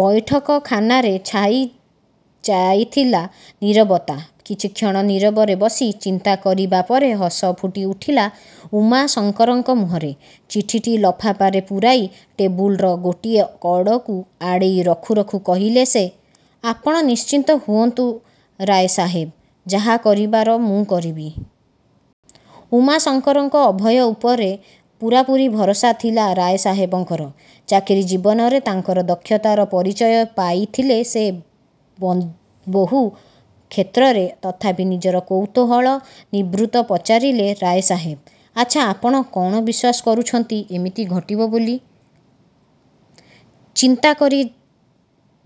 ବୈଠକଖାନାରେ ଛାଇ ଯାଇଥିଲା ନିରବତା। କିଛିକ୍ଷଣ ନିରବରେ ବସି ଚିନ୍ତା କରିବାପରେ ହସ ଫୁଟି ଉଠିଲା ଉମାଶଙ୍କରଙ୍କ ମୁହଁରେ-। ଚିଠିଟି ଲଫାପାରେ ପୂରାଇ ଟେବୁଲର ଗୋଟିଏ କଡ଼କୁ ଆଡ଼େଇ ରଖୁ ରଖୁ କହିଲେ ସେ…… "ଆପଣ ନିଶ୍ଚିତ ହୁଅନ୍ତୁ ରାୟସାହେବ।। ଯାହା କରିବାର ମୁଁ କରିବି। '' ଉମାଶଙ୍କରଙ୍କ ଅଭୟ ଉପରେ ପୂରାପୂରି ଭରସା ଥିଲା ରାୟ ସାହେବଙ୍କର। ଚାକିରି ଜୀବନରେ ତାଙ୍କର ଦକ୍ଷତାର ପରିଚୟ ପାଇଥିଲେ ସେ ବହୁ କ୍ଷେତ୍ରରେ। ତଥାପି ନିଜର କୌତୂହଳ ନିବୃତ୍ତ ପଚାରିଲେ ରାୟସାହେବ। "ଆଛା, ଆପଣ କ'ଣ ବିଶ୍ଵାସ କରୁଚନ୍ତି ଏମିତି ଘଟିବ ବୋଲି? "ଚିନ୍ତାକରି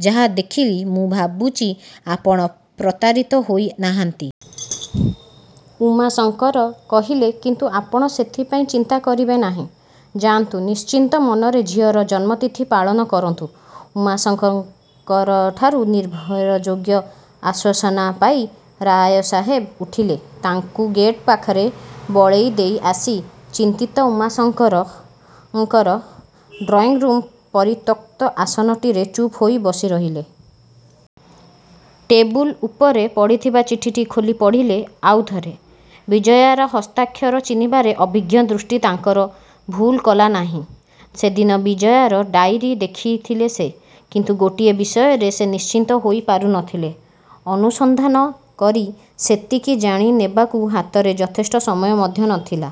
ଯାହା ଦେଖିଲି, ମୁଁ ଭାବୁଚି ଆପଣ ପ୍ରତାରିତ ହୋଇ ନାହାନ୍ତି। '' ଉମାଶଙ୍କର କହିଲେ—"କିନ୍ତୁ ଆପଣ ସେଥିପାଇଁ ଚିନ୍ତା କରିବେ ନାହିଁ। ଯାଆନ୍ତୁ ନିଶ୍ଚିନ୍ତ ମନରେ ଝିଅର ଜନ୍ମତିଥି ପାଳନ କରନ୍ତୁ। '' ଉମାଶଙ୍କରଙ୍କଠାରୁ ନିର୍ଭର ଯୋଗ୍ୟ ଆଶ୍ଵାସନା ପାଇ ରାୟସାହେବ ଉଠିଲେ। ତାଙ୍କୁ ଗେଟ ପାଖରେ ବଳେଇ ଦେଇ ଆସି ଚିନ୍ତିତ ଉମାଶଙ୍କର ଡ୍ରଇଂରୁମ୍ର ପରିତ୍ୟକ୍ତ ଆସନଟିରେ ଚୁପ୍ ହୋଇ ବସିରହିଲେ। ଟେବୁଲ ଉପରେ ପଡ଼ିଥିବା ଚିଠିଟି ଖୋଲି ପଢ଼ିଲେ ଆଉଥରେ। ବିଜୟାର ହସ୍ତାକ୍ଷର ଚିହ୍ନିବାରେ ଅଭିଜ୍ଞ ଦୃଷ୍ଟି ତାଙ୍କର ଭୁଲ୍ କଲା ନାହିଁ। ସେଦିନ ବିଜୟାର ଡାଇରୀ ଦେଖିଥିଲେ ସେ। କିନ୍ତୁ ଗୋଟିଏ ବିଷୟରେ ସେ ନିଶ୍ଚିନ୍ତ ହୋଇ ପାରୁ ନ ଥିଲେ। ଅନୁସନ୍ଧାନ କରି ସେତିକି ଜାଣି ନେବାକୁ ହାତରେ ଯଥେଷ୍ଟ ସମୟ ମଧ୍ୟ ନ ଥିଲା।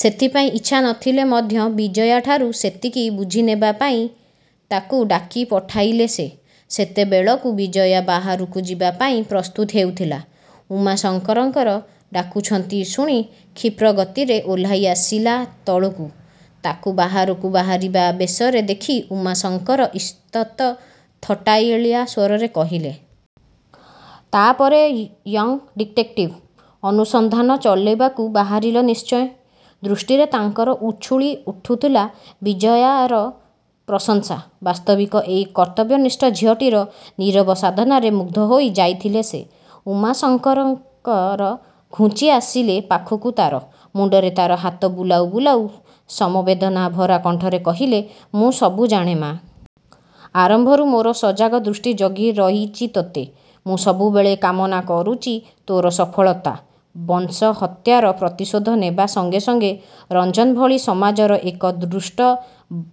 ସେଥିପାଇଁ ଇଚ୍ଛା ନ ଥିଲେ ମଧ୍ୟ ବିଜୟାଠାରୁ ସେତିକି ବୁଝି ନେବା ପାଇଁ ତାକୁ ଡାକି ପଠାଇଲେ ସେ। ସେତେବେଳକୁ ବିଜୟା ବାହାରକୁ ଯିବା ପାଇଁ ପ୍ରସ୍ତୁତ ହେଉଥିଲା। ଉମାଶଙ୍କର ଡାକୁଛନ୍ତି ଶୁଣି କ୍ଷିପ୍ର ଗତିରେ ଓହ୍ଲାଇ ଆସିଲା ତଳକୁ। ତାକୁ ବାହାରକୁ ବାହାରିବା ବେଶରେ ଦେଖି ଉମାଶଙ୍କର ଇଷତ୍ ଥଟ୍ଟାଳିଆ ସ୍ଵରରେ କହିଲେ। "ତା ପରେ ୟଂ ଡିଟେକ୍ଟିଭ! ଅନୁସନ୍ଧାନ ଚଳେଇବାକୁ ବାହାରିଲ ନିଶ୍ଚୟ। '' ଦୃଷ୍ଟିରେ ତାଙ୍କର ଉଛୁଳି ଉଠୁଥିଲା ବିଜୟାର ପ୍ରଶଂସା। ବାସ୍ତବିକ୍ ଏଇ କର୍ତ୍ତବ୍ୟନିଷ୍ଠ ଝିଅଟିର ନିରବ ସାଧନାରେ ମୁଗ୍ଧ ହୋଇ ଯାଇଥିଲେ ସେ। ଉମାଶଙ୍କର ଘୁଞ୍ଚି ଆସିଲେ ପାଖକୁ ତା'ର। ମୁଣ୍ତରେ ତାର ହାତ ବୁଲାଉ ବୁଲାଉ ସମବେଦନାଭରା କଣ୍ଠରେ କହିଲେ— "ମୁଁ ସବୁ ଜାଣେ ମା। '' ଆରମ୍ଭରୁ ମୋର ସଜାଗ ଦୃଷ୍ଟି ଜଗି ରହିଚି ତୋତେ। ମୁଁ ସବୁବେଳେ କାମନା କରୁଚି ତୋର ସଫଳତା, ବଂଶ ହତ୍ୟାର ପ୍ରତିଶୋଧ ନେବା ସଙ୍ଗେ ସଙ୍ଗେ ରଞ୍ଜନ ଭଳି ସମାଜର ଏକ ଦୁଷ୍ଟ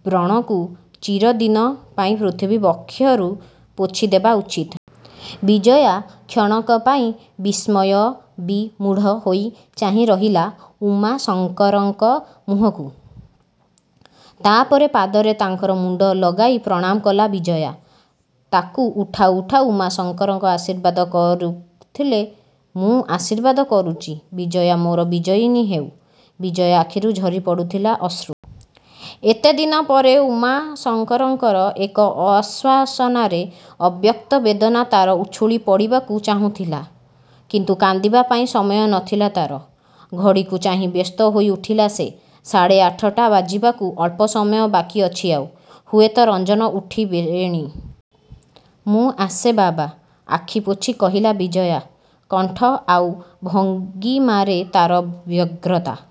ବ୍ରଣକୁ ଚିରଦିନ ପାଇଁ ପୃଥିବୀ ବକ୍ଷରୁ ପୋଛି ଦେବା ଉଚିତ। '' ବିଜୟା କ୍ଷଣକ ପାଇଁ ବିସ୍ମୟବିମୁଢ଼ ହୋଇ ଚାହିଁ ରହିଲା ଉମାଶଙ୍କରଙ୍କ ମୁହଁକୁ। ତା'ପରେ ପାଦରେ ତାଙ୍କର ମୁଣ୍ତ ଲଗାଇ ପ୍ରମାଣ କଲା ବିଜୟା। ତାକୁ ଉଠାଉ ଉଠାଉ ଉମାଶଙ୍କର ଆଶିର୍ବାଦ କରୁଥିଲେ "ମୁଁ ଆଶିର୍ବାଦ କରୁଚି, ବିଜୟା ମୋର ବିଜୟନୀ ହେଉ। '' ବିଜୟା ଆଖିରୁ ଝରି ପଡ଼ୁଥିଲା ଅଶ୍ରୁ। ଏତେଦିନ ପରେ ଉମାଶଙ୍କରଙ୍କ ଏ ଆଶ୍ଵାସନାରେ ଅବ୍ୟକ୍ତ ବେଦନା ତା'ର ଉଛୁଳି ପଡ଼ିବାକୁ ଚାହୁଁଥିଲା। କିନ୍ତୁ କାନ୍ଦିବା ପାଇଁ ସମୟ ନ ଥିଲା ତା'ର। ଘଡ଼ିକୁ ଚାହିଁ ବ୍ୟସ୍ତ ହୋଇ ଉଠିଲା ସେ। ସାଢ଼େ ଆଠାଟା ବାଜିବାକୁ ଅଳ୍ପସମୟ ବାକି ଅଛି ଆଉ। ହୁଏତ ରଞ୍ଜନ ଉଠିବେଣି। "ମୁଁ ଆସେ ବାବା? '' ଆଖି ପୋଛି କହିଲା ବିଜୟା। କଣ୍ଠ ଆଉ ଭଙ୍ଗିମାରେ ତା'ର ବ୍ୟଗ୍ରତା।